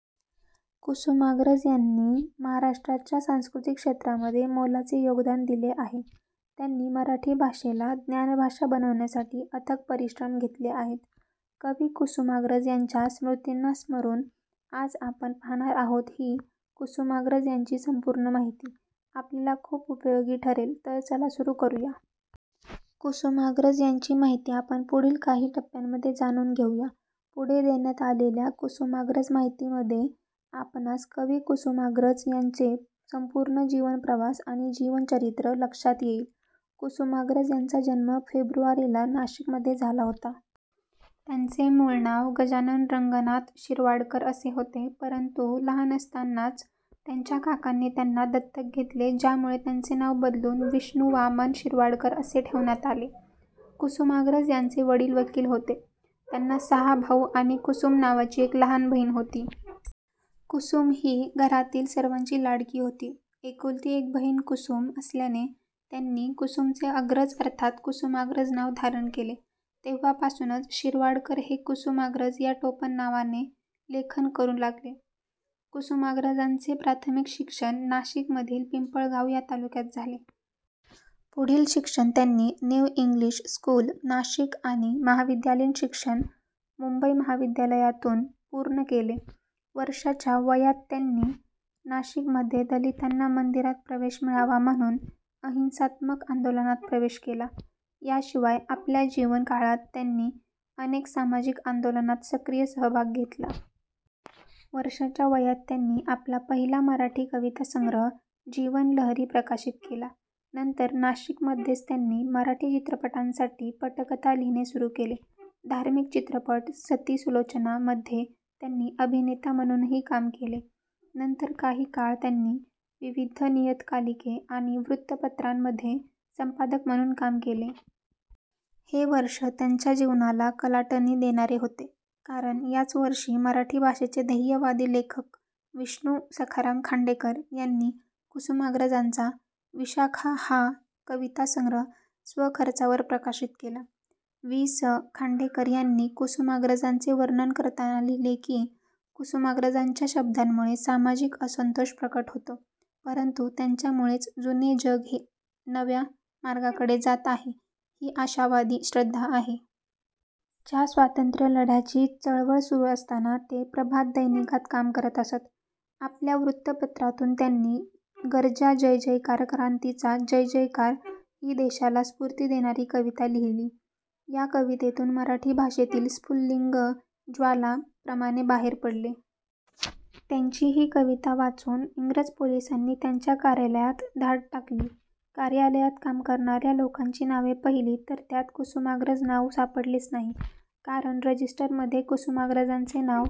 कुसुमाग्रज यांनी महाराष्ट्राच्या सांस्कृतिक क्षेत्रामध्ये मोलाचे योगदान दिले आहे. त्यांनी मराठी भाषेला ज्ञानभाषा बनवण्यासाठी अथक परिश्रम घेतले आहेत. कवी कुसुमाग्रज यांच्या स्मृतींना स्मरून आज आपण पाहणार आहोत ही कुसुमाग्रज यांची संपूर्ण माहिती आपल्याला खूप उपयोगी ठरेल तर चला सुरू करूया... कुसुमाग्रज यांची माहिती आपण पुढील काही टप्यामध्ये जाणून घेऊया. पुढे देण्यात आलेल्या कुसुमाग्रज माहिती मध्ये आपणास कवि कुसुमाग्रज यांचे संपूर्ण जीवनप्रवास आणि जीवन चरित्र लक्षात येईल. कुसुमाग्रज यांचा जन्म फेब्रुवारी ला नाशिक मध्ये झाला होता. त्यांचे मूळ नाव गजानन रंगनाथ शिरवाडकर असे होते. परंतु लहान असतांनाच त्यांच्या काकांनी त्यांना दत्तक घेतले ज्यामुळे त्यांचे नाव बदलून विष्णु वामन शिरवाडकर असे ठेवण्यात आले. कुसुमाग्रज यांचे वडील वकील होते. त्यांना सहा भाऊ आणि कुसुम नावाची एक लहान बहीण होती. कुसुम ही घरातील सर्वांची लाडकी होती. एकुलती एक बहिण कुसुम असल्याने त्यांनी कुसुम चे अग्रज अर्थात कुसुमाग्रज नाव धारण केले. तेव्हापासूनच शिरवाडकर हे कुसुमाग्रज या टोपणनावाने लेखन करू लागले. कुसुमाग्रजांचे प्राथमिक शिक्षण नाशिक मधील पिंपळगाव या तालुक्यात झाले. पुढील शिक्षण त्यांनी न्यू इंग्लिश स्कूल नाशिक आणि महाविद्यालयीन शिक्षण मुंबई महाविद्यालयातून पूर्ण केले. वर्षाच्या वयात त्यांनी नाशिकमध्ये दलितांना मंदिरात प्रवेश मिळावा म्हणून अहिंसात्मक आंदोलनात प्रवेश केला. या शिवाय आपल्या जीवन काळात त्यांनी अनेक सामाजिक आंदोलनात सक्रिय सहभाग घेतला. वर्षाच्या वयात त्यांनी आपला पहिला मराठी कवितासंग्रह 'जीवनलहरी' प्रकाशित केला. नंतर नाशिक मध्येच त्यांनी मराठी चित्रपटांसाठी पटकथा लिहिणे सुरू केले. धार्मिक चित्रपट सती सुलोचना मध्ये त्यांनी अभिनेता म्हणूनही काम केले. नंतर काही काळ त्यांनी विविध नियतकालिके आणि वृत्तपत्रांमध्ये संपादक म्हणून काम केले. हे वर्ष त्यांच्या जीवनाला कलाटणी देणारे होते. कारण याच वर्षी मराठी भाषेचे ध्येयवादी लेखक विष्णू सखाराम खांडेकर यांनी कुसुमाग्रजांचा 'विशाखा' हा कविता संग्रह स्वखर्चावर प्रकाशित केला. वि. स. खांडेकर यांनी कुसुमाग्रजांचे वर्णन करताना लिहिले की, "कुसुमाग्रजांच्या शब्दांमुळे सामाजिक असंतोष प्रकट होतो, परंतु त्यांच्यामुळेच जुने जग नव्या मार्गाकडे जात आहे ही आशावादी श्रद्धा आहे". च्या स्वातंत्र्य लढ्याची चळवळ सुरू असताना ते प्रभात दैनिकात काम करत असत. आपल्या वृत्तपत्रातून त्यांनी 'गर्जा जयजयकार क्रांतीचा जयजयकार.. ' ही देशाला स्फूर्ती देणारी कविता लिहिली. या कवितेतून मराठी भाषेतील स्फुल्लिंग ज्वाला प्रमाणे बाहेर पडले. त्यांची ही कविता वाचून इंग्रज पोलिसांनी त्यांच्या कार्यालयात धाड टाकली. कार्यालयात काम करणाऱ्या लोकांची नावे पहिली तर त्यात कुसुमाग्रज नाव सापडलेच नाही. कारण रजिस्टर मध्ये कुसुमाग्रजांचे नाव